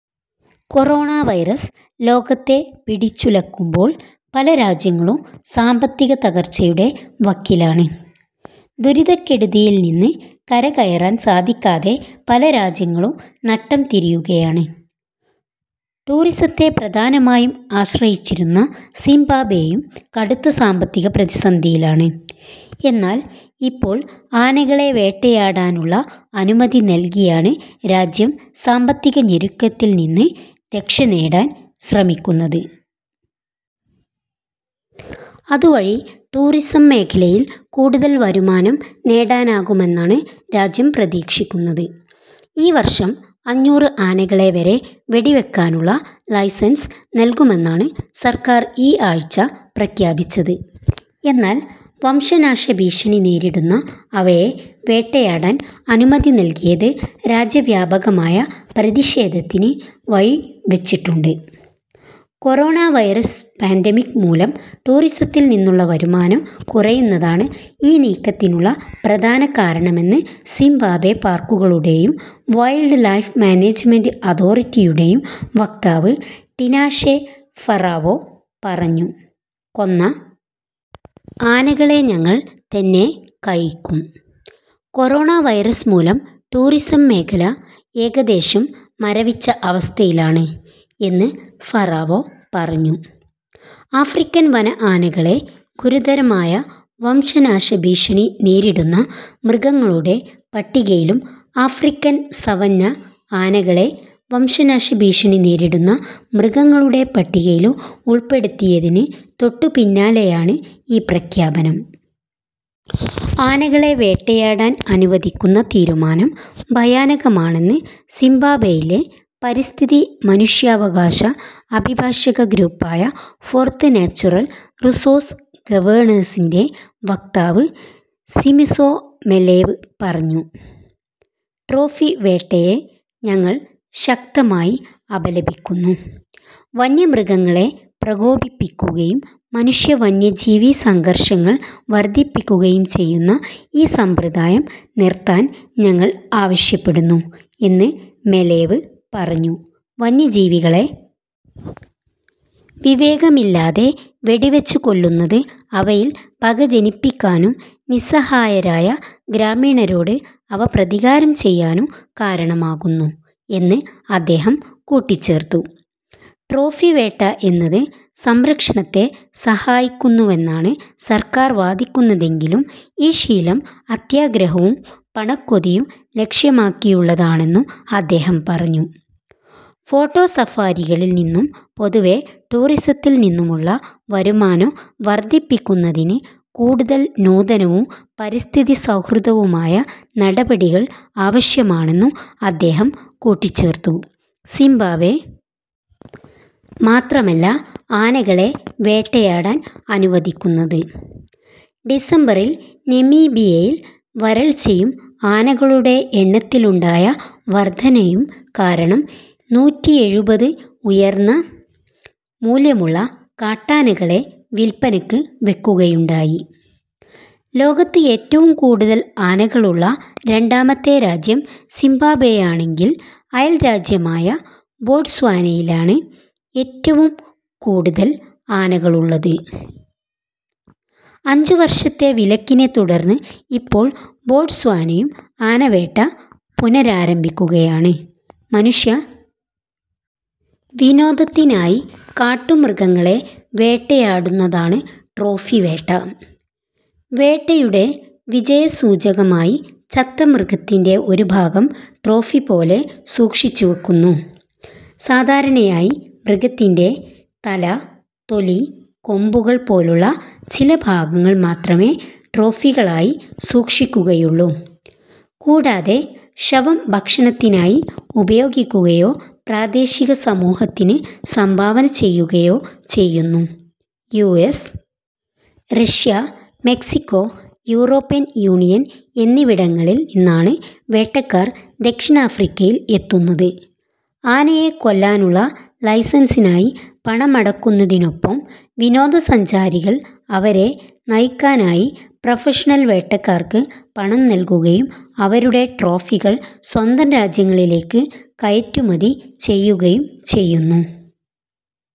Corona virus ലോകത്തെ പിടിച്ചുലക്കുമ്പോൾ പല രാജ്യങ്ങളും സാമ്പത്തിക തകർച്ചയുടെ വക്കിലാണ്. ദുരിതക്കെടുതിയിൽ നിന്ന് കരകയറാൻ സാധിക്കാതെ പല രാജ്യങ്ങളും നട്ടംതിരിയുകയാണ്. ടൂറിസത്തെ പ്രധാനമായും ആശ്രയിച്ചിരുന്ന സിംബാബ്വെയും കടുത്ത സാമ്പത്തിക പ്രതിസന്ധിയിലാണ്. എന്നാൽ, ഇപ്പോൾ ആനകളെ വേട്ടയാടാനുള്ള അനുമതി നൽകിയാണ് രാജ്യം സാമ്പത്തിക ഞെരുക്കത്തിൽ നിന്ന് രക്ഷനേടാൻ ശ്രമിക്കുന്നത്. അതുവഴി ടൂറിസം മേഖലയിൽ കൂടുതൽ വരുമാനം നേടാനാകുമെന്നാണ് രാജ്യം പ്രതീക്ഷിക്കുന്നത്.ഈ വർഷം അഞ്ഞൂറ് ആനകളെ വരെ വെടിവയ്ക്കാനുള്ള ലൈസൻസ് നൽകുമെന്നാണ് സർക്കാർ ഈ ആഴ്ച പ്രഖ്യാപിച്ചത്. എന്നാൽ, വംശനാശഭീഷണി നേരിടുന്ന അവയെ വേട്ടയാടാൻ അനുമതി നൽകിയത് രാജ്യവ്യാപകമായ പ്രതിഷേധത്തിന് വഴിവച്ചിട്ടുണ്ട്. കൊറോണ വൈറസ് പാൻഡെമിക് മൂലം ടൂറിസത്തിൽ നിന്നുള്ള വരുമാനം കുറയുന്നതാണ് ഈ നീക്കത്തിനുള്ള പ്രധാന കാരണമെന്ന് സിംബാബ്വെ പാർക്കുകളുടെയും വൈൽഡ്‌ലൈഫ് മാനേജ്മെന്റ് അതോറിറ്റിയുടെയും വക്താവ് ടിനാഷെ ഫറാവോ പറഞ്ഞു. കൊന്ന ആനകളെ ഞങ്ങൾ തന്നെ കഴിക്കും. കൊറോണ വൈറസ് മൂലം ടൂറിസം മേഖല ഏകദേശം മരവിച്ച അവസ്ഥയിലാണ് എന്ന് ഫറാവോ പറഞ്ഞു. ആഫ്രിക്കൻ വന ആനകളെ ഗുരുതരമായ വംശനാശഭീഷണി നേരിടുന്ന മൃഗങ്ങളുടെ പട്ടികയിലും ആഫ്രിക്കൻ സവന്ന ആനകളെ വംശനാശഭീഷണി നേരിടുന്ന മൃഗങ്ങളുടെ പട്ടികയിലും ഉൾപ്പെടുത്തിയതിന് തൊട്ടുപിന്നാലെയാണ് ഈ പ്രഖ്യാപനം. ആനകളെ വേട്ടയാടാൻ അനുവദിക്കുന്ന തീരുമാനം ഭയാനകമാണെന്ന് സിംബാബ്വെയിലെ പരിസ്ഥിതി മനുഷ്യാവകാശ അഭിഭാഷക ഗ്രൂപ്പായ ഫോർത്ത് നാച്ചുറൽ റിസോഴ്സ് ഗവേണൻസിന്റെ വക്താവ് സിമിസോ മെലേവ് പറഞ്ഞു. ട്രോഫി വേട്ടയെ ഞങ്ങൾ ശക്തമായി അപലപിക്കുന്നു. വന്യമൃഗങ്ങളെ പ്രകോപിപ്പിക്കുകയും മനുഷ്യ വന്യജീവി സംഘർഷങ്ങൾ വർധിപ്പിക്കുകയും ചെയ്യുന്ന ഈ സമ്പ്രദായം നിർത്താൻ ഞങ്ങൾ ആവശ്യപ്പെടുന്നു എന്ന് മെലേവ് പറഞ്ഞു. വന്യജീവികളെ വിവേകമില്ലാതെ വെടിവച്ചുകൊല്ലുന്നത് അവയിൽ പക ജനിപ്പിക്കാനും നിസ്സഹായരായ ഗ്രാമീണരോട് അവ പ്രതികാരം ചെയ്യാനും കാരണമാകുന്നു എന്ന് അദ്ദേഹം കൂട്ടിച്ചേർത്തു. ട്രോഫി വേട്ട എന്നത് സംരക്ഷണത്തെ സഹായിക്കുന്നുവെന്നാണ് സർക്കാർ വാദിക്കുന്നതെങ്കിലും ഈ ശീലം അത്യാഗ്രഹവും പണക്കൊതിയും ലക്ഷ്യമാക്കിയുള്ളതാണെന്നും അദ്ദേഹം പറഞ്ഞു. ഫോട്ടോ സഫാരികളിൽ നിന്നും പൊതുവേ ടൂറിസത്തിൽ നിന്നുമുള്ള വരുമാനം വർധിപ്പിക്കുന്നതിന് കൂടുതൽ നൂതനവും പരിസ്ഥിതി സൗഹൃദവുമായ നടപടികൾ ആവശ്യമാണെന്നും അദ്ദേഹം കൂട്ടിച്ചേർത്തു. സിംബാബ്വെ മാത്രമല്ല ആനകളെ വേട്ടയാടാൻ അനുവദിക്കുന്നത്. ഡിസംബറിൽ നമീബിയയിൽ വരൾച്ചയും ആനകളുടെ എണ്ണത്തിലുണ്ടായ വർധനയും കാരണം നൂറ്റിയെഴുപത് ഉയർന്ന മൂല്യമുള്ള കാട്ടാനകളെ വിൽപ്പനയ്ക്ക് വയ്ക്കുകയുണ്ടായി. ലോകത്ത് ഏറ്റവും കൂടുതൽ ആനകളുള്ള രണ്ടാമത്തെ രാജ്യം സിംബാബ്വെയാണെങ്കിൽ അയൽരാജ്യമായ ബോട്സ്വാനയിലാണ് ഏറ്റവും കൂടുതൽ ആനകളുള്ളത്. അഞ്ചുവർഷത്തെ വിലക്കിനെത്തുടർന്ന് ഇപ്പോൾ ബോട്സ്വാനയും ആന വേട്ട പുനരാരംഭിക്കുകയാണ്. മനുഷ്യ വിനോദത്തിനായി കാട്ടുമൃഗങ്ങളെ വേട്ടയാടുന്നതാണ് ട്രോഫി വേട്ട. വേട്ടയുടെ വിജയസൂചകമായി ചത്ത മൃഗത്തിന്റെ ഒരു ഭാഗം ട്രോഫിപോലെ സൂക്ഷിച്ചുവയ്ക്കുന്നു. സാധാരണയായി മൃഗത്തിന്റെ തല, തൊലി, കൊമ്പുകൾ പോലുള്ള ചില ഭാഗങ്ങൾ മാത്രമേ ട്രോഫികളായി സൂക്ഷിക്കുകയുള്ളൂ. കൂടാതെ ശവം ഭക്ഷണത്തിനായി ഉപയോഗിക്കുകയോ പ്രാദേശിക സമൂഹത്തിന് സംഭാവന ചെയ്യുകയോ ചെയ്യുന്നു. US, Russia, Mexico, European Union എന്നിവിടങ്ങളിൽ നിന്നാണ് വേട്ടക്കാർ ദക്ഷിണാഫ്രിക്കയിൽ എത്തുന്നത്. ആനയെ കൊല്ലാനുള്ള ലൈസൻസിനായി പണമടയ്ക്കുന്നതിനൊപ്പം വിനോദസഞ്ചാരികൾ അവരെ നയിക്കാനായി പ്രൊഫഷണൽ വേട്ടക്കാർക്ക് പണം നൽകുകയും അവരുടെ ട്രോഫികൾ സ്വന്തം രാജ്യങ്ങളിലേക്ക് കയറ്റുമതി ചെയ്യുകയും ചെയ്യുന്നു.